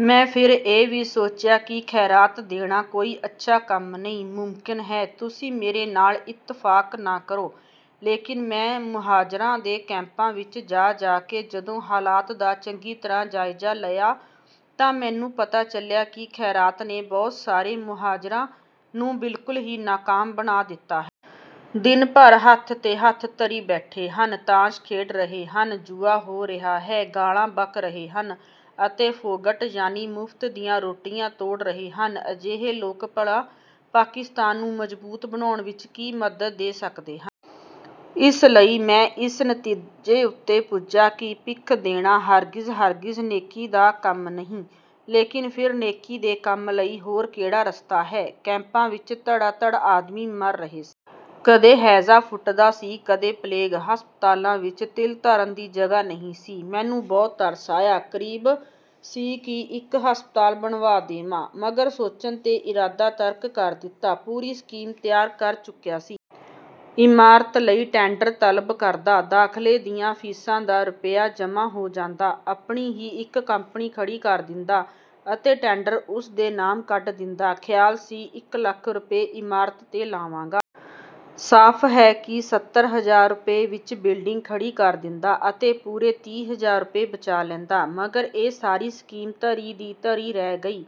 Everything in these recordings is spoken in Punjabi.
ਮੈਂ ਫਿਰ ਇਹ ਵੀ ਸੋਚਿਆ ਕਿ ਖ਼ੈਰਾਤ ਦੇਣਾ ਕੋਈ ਅੱਛਾ ਕੰਮ ਨਹੀਂ। ਮੁਮਕਿਨ ਹੈ ਤੁਸੀਂ ਮੇਰੇ ਨਾਲ ਇੱਤਫਾਕ ਨਾ ਕਰੋ। ਲੇਕਿਨ ਮੈਂ ਮੁਹਾਜਿਰਾਂ ਦੇ ਕੈਂਪਾਂ ਵਿੱਚ ਜਾ ਜਾ ਕੇ ਜਦੋਂ ਹਾਲਾਤ ਦਾ ਚੰਗੀ ਤਰ੍ਹਾਂ ਜਾਇਜ਼ਾ ਲਿਆ ਤਾਂ ਮੈਨੂੰ ਪਤਾ ਚੱਲਿਆ ਕਿ ਖ਼ੈਰਾਤ ਨੇ ਬਹੁਤ ਸਾਰੇ ਮੁਹਾਜਿਰਾਂ ਨੂੰ ਬਿਲਕੁਲ ਹੀ ਨਾਕਾਮ ਬਣਾ ਦਿੱਤਾ ਹੈ। ਦਿਨ-ਭਰ ਹੱਥ ਤੇ ਹੱਥ ਧਰੀ ਬੈਠੇ ਹਨ। ਤਾਸ਼ ਖੇਡ ਰਹੇ ਹਨ। ਜੂਆ ਹੋ ਰਿਹਾ ਹੈ। ਗਾਲਾਂ ਬਕ ਰਹੇ ਹਨ ਅਤੇ ਫ਼ੋਗਟ, ਯਾਨੀ ਮੁਫ਼ਤ ਦੀਆਂ ਰੋਟੀਆਂ ਤੋੜ ਰਹੇ ਹਨ। ਅਜਿਹੇ ਲੋਕ ਭਲਾ ਪਾਕਿਸਤਾਨ ਨੂੰ ਮਜ਼ਬੂਤ ਬਣਾਉਣ ਵਿੱਚ ਕੀ ਮਦਦ ਦੇ ਸਕਦੇ ਹਨ। ਇਸ ਲਈ ਮੈਂ ਇਸ ਨਤੀਜੇ ਉੱਤੇ ਪੁੱਜਾ ਕਿ ਭਿੱਖ ਦੇਣਾ ਹਰਗਿਜ਼ ਹਰਗਿਜ਼ ਨੇਕੀ ਦਾ ਕੰਮ ਨਹੀਂ। ਲੇਕਿਨ ਫਿਰ ਨੇਕੀ ਦੇ ਕੰਮ ਲਈ ਹੋਰ ਕਿਹੜਾ ਰਸਤਾ ਹੈ? ਕੈਂਪਾਂ ਵਿੱਚ ਧੜਾ-ਧੜ ਆਦਮੀ ਮਰ ਰਹੇ ਸਨ। ਕਦੇ ਹੈਜ਼ਾ ਫੁੱਟਦਾ ਸੀ, ਕਦੇ ਪਲੇਗ। ਹਸਪਤਾਲਾਂ ਵਿੱਚ ਤਿਲ ਧਰਨ ਦੀ ਜਗ੍ਹਾ ਨਹੀਂ ਸੀ। ਮੈਨੂੰ ਬਹੁਤ ਤਰਸ ਆਇਆ। ਕਰੀਬ ਸੀ ਕਿ ਇੱਕ ਹਸਪਤਾਲ ਬਣਵਾ ਦੇਵਾਂ, ਮਗਰ ਸੋਚਣ ਤੇ ਇਰਾਦਾ ਤਰਕ ਕਰ ਦਿੱਤਾ। ਪੂਰੀ ਸਕੀਮ ਤਿਆਰ ਕਰ ਚੁੱਕਿਆ ਸੀ। ਇਮਾਰਤ ਲਈ ਟੈਂਡਰ ਤਲਬ ਕਰਦਾ। ਦਾਖ਼ਲੇ ਦੀਆਂ ਫ਼ੀਸਾਂ ਦਾ ਰੁਪਿਆ ਜਮਾਂ ਹੋ ਜਾਂਦਾ। ਆਪਣੀ ਹੀ ਇੱਕ ਕੰਪਨੀ ਖੜੀ ਕਰ ਦਿੰਦਾ ਅਤੇ ਟੈਂਡਰ ਉਸ ਦੇ ਨਾਮ ਕੱਢ ਦਿੰਦਾ। ਖ਼ਿਆਲ ਸੀ ਇੱਕ ਲੱਖ ਰੁਪਏ ਇਮਾਰਤ ਤੇ ਲਾਵਾਂਗਾ। ਸਾਫ਼ ਹੈ ਕਿ ਸੱਤਰ ਹਜ਼ਾਰ ਰੁਪਏ ਵਿੱਚ ਬਿਲਡਿੰਗ ਖੜੀ ਕਰ ਦਿੰਦਾ ਅਤੇ ਪੂਰੇ ਤੀਹ ਹਜ਼ਾਰ ਰੁਪਏ ਬਚਾ ਲੈਂਦਾ। ਮਗਰ ਇਹ ਸਾਰੀ ਸਕੀਮ ਧਰੀ ਦੀ ਧਰੀ ਰਹਿ ਗਈ।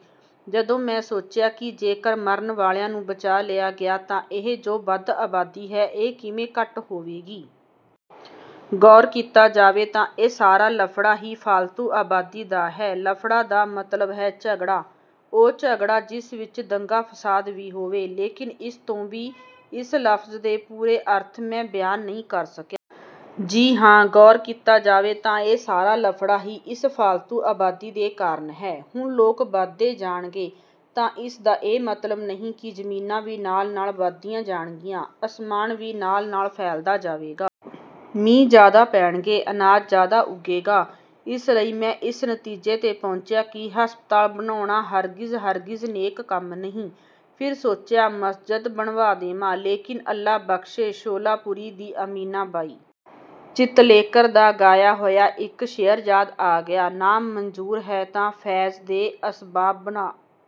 ਜਦੋਂ ਮੈਂ ਸੋਚਿਆ ਕਿ ਜੇਕਰ ਮਰਨ ਵਾਲਿਆਂ ਨੂੰ ਬਚਾ ਲਿਆ ਗਿਆ ਤਾਂ ਇਹ ਜੋ ਵੱਧ ਆਬਾਦੀ ਹੈ, ਇਹ ਕਿਵੇਂ ਘੱਟ ਹੋਵੇਗੀ? ਗ਼ੌਰ ਕੀਤਾ ਜਾਵੇ ਤਾਂ ਇਹ ਸਾਰਾ ਲਫ਼ੜਾ ਹੀ ਫ਼ਾਲਤੂ ਆਬਾਦੀ ਦਾ ਹੈ। ਲਫ਼ੜਾ ਦਾ ਮਤਲਬ ਹੈ ਝਗੜਾ, ਉਹ ਝਗੜਾ ਜਿਸ ਵਿੱਚ ਦੰਗਾ-ਫ਼ਸਾਦ ਵੀ ਹੋਵੇ। ਲੇਕਿਨ ਇਸ ਤੋਂ ਵੀ ਇਸ ਲਫ਼ਜ਼ ਦੇ ਪੂਰੇ ਅਰਥ ਮੈਂ ਬਿਆਨ ਨਹੀਂ ਕਰ ਸਕਿਆ। ਜੀ ਹਾਂ, ਗ਼ੌਰ ਕੀਤਾ ਜਾਵੇ ਤਾਂ ਇਹ ਸਾਰਾ ਲਫ਼ੜਾ ਹੀ ਇਸ ਫ਼ਾਲਤੂ ਆਬਾਦੀ ਦੇ ਕਾਰਨ ਹੈ। ਹੁਣ ਲੋਕ ਵੱਧਦੇ ਜਾਣਗੇ ਤਾਂ ਇਸ ਦਾ ਇਹ ਮਤਲਬ ਨਹੀਂ ਕਿ ਜ਼ਮੀਨਾਂ ਵੀ ਨਾਲ-ਨਾਲ ਵਧਦੀਆਂ ਜਾਣਗੀਆਂ। ਅਸਮਾਨ ਵੀ ਨਾਲ-ਨਾਲ ਫੈਲਦਾ ਜਾਵੇਗਾ। ਮੀਂਹ ਜ਼ਿਆਦਾ ਪੈਣਗੇ। ਅਨਾਜ ਜ਼ਿਆਦਾ ਉੱਗੇਗਾ। ਇਸ ਲਈ ਮੈਂ ਇਸ ਨਤੀਜੇ ਤੇ ਪਹੁੰਚਿਆ ਕਿ ਹਸਪਤਾਲ ਬਣਾਉਣਾ ਹਰਗਿਜ਼ ਹਰਗਿਜ਼ ਨੇਕ ਕੰਮ ਨਹੀਂ। ਫਿਰ ਸੋਚਿਆ ਮਸਜਦ ਬਣਵਾ ਦੇਵਾਂ। ਲੇਕਿਨ ਅੱਲਾ ਬਖ਼ਸ਼ੇ ਸ਼ੋਲਾਪੁਰੀ ਦੀ ਅਮੀਨਾ ਬਾਈ ਚਿਤਲੇਕਰ ਦਾ ਗਾਇਆ ਹੋਇਆ ਇੱਕ ਸ਼ੇਅਰ ਯਾਦ ਆ ਗਿਆ, "ਨਾਮ ਮਨਜ਼ੂਰ ਹੈ ਤਾਂ ਫ਼ੈਜ਼ ਦੇ ਅਸਬਾਬ ਬਣਾ"